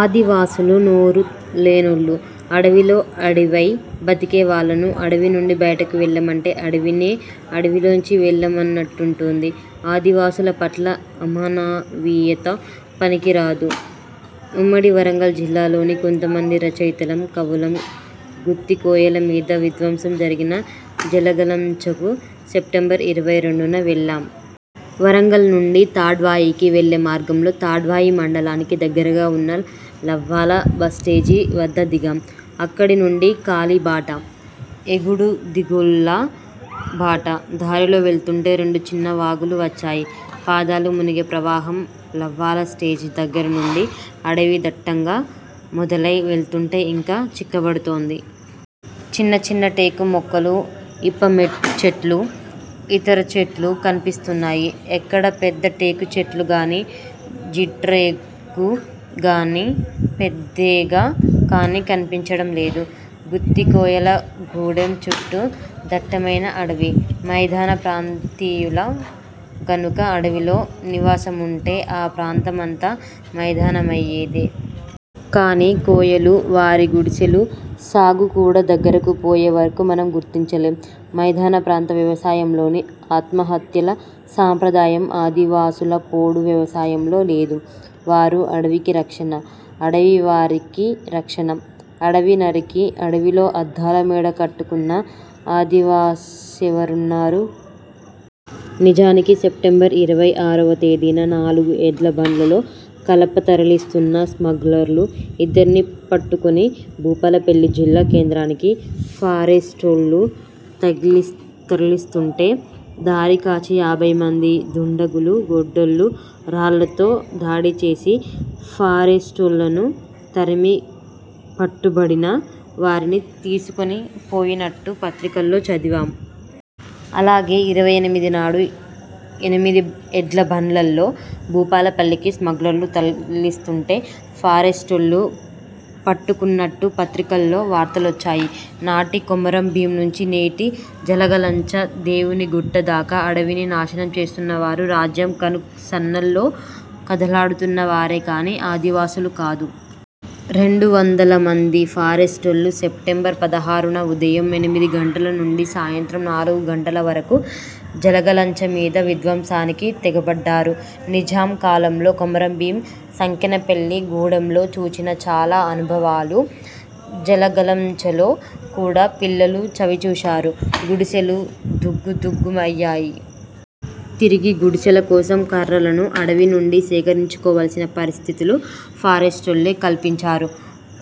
ఆదివాసులు నోరు లేనోళ్ళు. అడవిలో అడివై బతికే వాళ్ళను అడవి నుండి బయటకు వెళ్ళమంటే అడివినే అడివిలోంచి వెళ్ళమన్నట్టుంటుంది. ఆదివాసుల పట్ల అమానవీయత పనికిరాదు. ఉమ్మడి వరంగల్ జిల్లాలోని కొద్దిమంది రచయితలం, కవులం గుత్తికోయల మీద విధ్వంసం జరిగిన జలగలంచకు సెప్టెంబర్ ఇరవై రెండున వెళ్లాం. వరంగల్ నుండి తాడ్వాయికి వెళ్ళే మార్గంలో, తాడ్వాయి మండలానికి దగ్గరగా ఉన్న లవ్వాల బస్టేజి వద్ద దిగాం. అక్కడి నుండి కాలిబాట. ఎగుడు దిగుళ్ళ బాట. దారిలో వెళ్తుంటే రెండు చిన్న వాగులు వచ్చాయి. పాదాలు మునిగే ప్రవాహం లవ్వాల స్టేజీ దగ్గర నుండి అడవి దట్టంగా మొదలై వెళ్తుంటే ఇంకా చిక్కబడ్తుంది. చిన్న చిన్న టేకు మొక్కలు, ఇప్ప మే చెట్లు, ఇతర చెట్లు కన్పిస్తున్నాయి. ఎక్కడా పెద్ద టేకు చెట్లు కాని, జిట్రేగు కాని, పెద్దేగ కాని కన్పించడం లేదు. గుత్తికోయల గూడెం చుట్టూ దట్టమైన అడవి. మైదాన ప్రాంతీయులు గనుక అడవిలో నివాసముంటే ఆ ప్రాంతమంతా మైదానమయ్యేదే! కాని కోయలు, వారి గుడిసెలు, సాగు కూడా దగ్గరకు పోయే వరకు మనం గుర్తించలేం. మైదాన ప్రాంత వ్యవసాయంలోని ఆత్మహత్యల సాంప్రదాయం, ఆదివాసుల పోడు వ్యవసాయంలో లేదు. వారు అడవికి రక్షణ. అడవి వారికి రక్షణ. అడవి నరికి, అడవిలో అద్దాల మేడ కట్టుకున్న ఆదివాసెవరున్నారు? నిజానికి సెప్టెంబర్ ఇరవై ఆరువ తేదీన నాలుగు ఎడ్ల బండ్లలో కలప తరలిస్తున్న స్మగ్లర్లు ఇద్దర్ని పట్టుకొని భూపాలపేల్లి జిల్లా కేంద్రానికి ఫారెస్టోళ్ళు తరలిస్థున్టే దారి కాచి యాభై మంది దుండగులు గొడ్డళ్ళు, రాళ్ళతో దాడిచేసి, ఫారెస్టోళ్ళను తరిమి పట్టుబడిన వారిని తీసుకొని పోయినట్టు పత్రికల్లో చదివాం. అలాగే ఇరవై ఎనిమిది నాడు ఎనిమిది ఎడ్ల బండ్లల్లో భూపాలపల్లికి స్మగ్లర్లు తరలిస్తుంటే ఫారెస్టోళ్ళు పట్టుకున్నట్టు పత్రికల్లో వార్తలొచ్చాయి. నాటి కొమరం భీం నుంచి నేటి జలగలంచ, దేవుని గుట్ట దాక అడవిని నాశనం చేస్తున్న వారు రాజ్యం కను సన్నల్లో కదలాడుతున్న వారే కాని ఆదివాసులు కాదు. రెండు వందలమంది ఫారెస్టోళ్ళు సెప్టెంబర్ పదహారున ఉదయం ఎనిమిది గంటల నుండి సాయం త్రం నాలుగు గంటల వరకు జలగలంచ మీద విధ్వంసానికి తెగబడ్డారు. నిజాం కాలంలో కొమరం భీం సంకెనపెల్లి గూడెంలో చూచిన చాలా అనుభవాలు జలగలంచలో కూడా పిల్లలు చవి చూశారు. గుడిసెలు దుగ్గు దుగ్గు అయ్యాయి. తిరిగి గుడిసెల కోసం కర్రలను అడవి నుండి సేకరించుకోవాల్సిన పరిస్థితులు ఫారెస్టోళ్ళే కల్పించారు.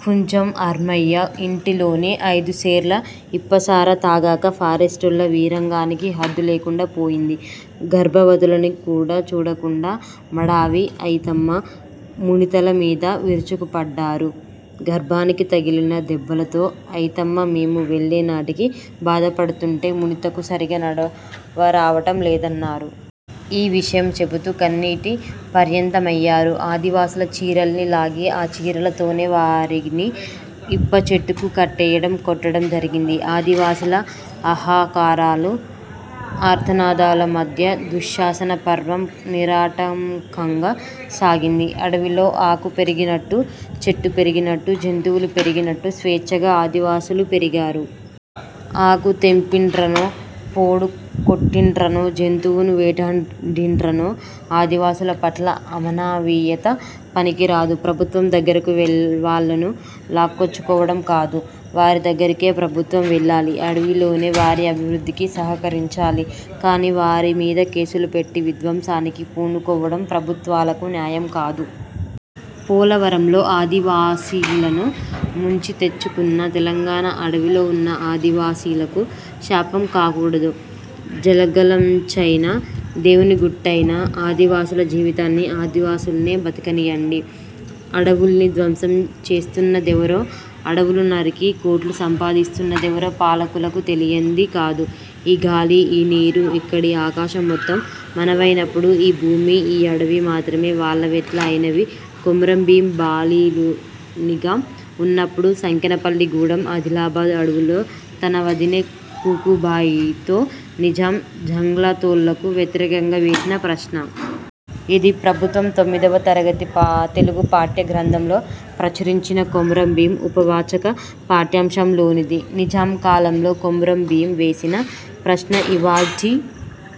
కుంజం ఆర్మయ్య ఇంటి లోని ఐదు సేర్ల ఇప్పసార తాగాక ఫారెస్టోళ్ళ వీరంగానికి హద్దు లేకుండా పోయింది. గర్భవతులని కూడా చూడకుండా మడావి అయితమ్మ, మునితల మీద విరుచుకుపడ్డారు. గర్భానికి తగిలిన దెబ్బలతో అయితమ్మ మేము వెళ్ళేనాటికి బాధపడుతుంటే, మునితకు సరిగా నడవ రావడం లేదన్నారు. ఈ విషయం చెబుతూ కన్నీటి పర్యంతమయ్యారు. ఆదివాసీల చీరల్ని లాగి, ఆ చీరలతోనే వారిని ఇప్పచెట్టుకు కట్టేయడం, కొట్టడం జరిగింది. ఆదివాసీల హాహాకారాలు, ఆర్తనాదాల మధ్య దుశ్శాసన పర్వం నిరాటంకంగా సాగింది. అడవిలో ఆకు పెరిగినట్టు, చెట్టు పెరిగినట్టు, జంతువులు పెరిగినట్టు స్వేచ్ఛగా ఆదివాసులూ పెరిగారు. ఆకు తెంపిండ్రనో, పోడు కొట్టిండ్రనో, జంతువును వేటాడిండ్రనో ఆదివాసుల పట్ల అమానవీయత పనికిరాదు. ప్రభుత్వం దగ్గరకు వెళ్ళు వాళ్ళను లాక్కొచ్చుకోవడం కాదు. వారి దగ్గరికే ప్రభుత్వం వెళ్ళాలి. అడవిలోనే వారి అభివృద్ధికి సహకరించాలి కాని, వారి మీద కేసులు పెట్టి, విధ్వంసానికి పూనుకోవడం ప్రభుత్వాలకు న్యాయం కాదు. పోలవరంలో ఆదివాసీలను ముంచి తెచ్చుకున్న తెలంగాణ, అడవిలో ఉన్న ఆదివాసీలకు శాపం కాకూడదు. జలగలంచైనా, దేవునిగుట్టైనా, ఆదివాసుల జీవితాన్ని ఆదివాసుల్నే బతకనీయండి. అడవుల్ని ధ్వంసం చేస్తున్నదెవరో, అడవులు నరికి కోట్లు సంపాదిస్తున్నదెవరో పాలకులకు తెలియంది కాదు. ''ఈ గాలి, ఈ నీరు, ఇక్కడి ఆకాశం మొత్తం మనవైనప్పుడు, ఈ భూమి, ఈ అడవి మాత్రమే వాళ్ళవెట్లా అయినవి'' కొమరం భీం బాలునిగా ఉన్నప్పుడు సంకెనపల్లి గూడెం, ఆదిలాబాద్ అడవుల్లో తన వదినె కుకుబాయితో నిజాం జంగ్లాతోళ్ళకు వ్యతిరేకంగా వేసిన ప్రశ్న. ఇది ప్రభుత్వం తొమ్మిదివ తరగతి పా తెలుగు పాఠ్య గ్రంథంలో ప్రచురించిన 'కొమరం భీం' ఉపవాచక పాఠ్యాంశంలోనిది. నిజాం కాలంలో కొమరం భీం వేసిన ప్రశ్న ఇవ్వాల్టి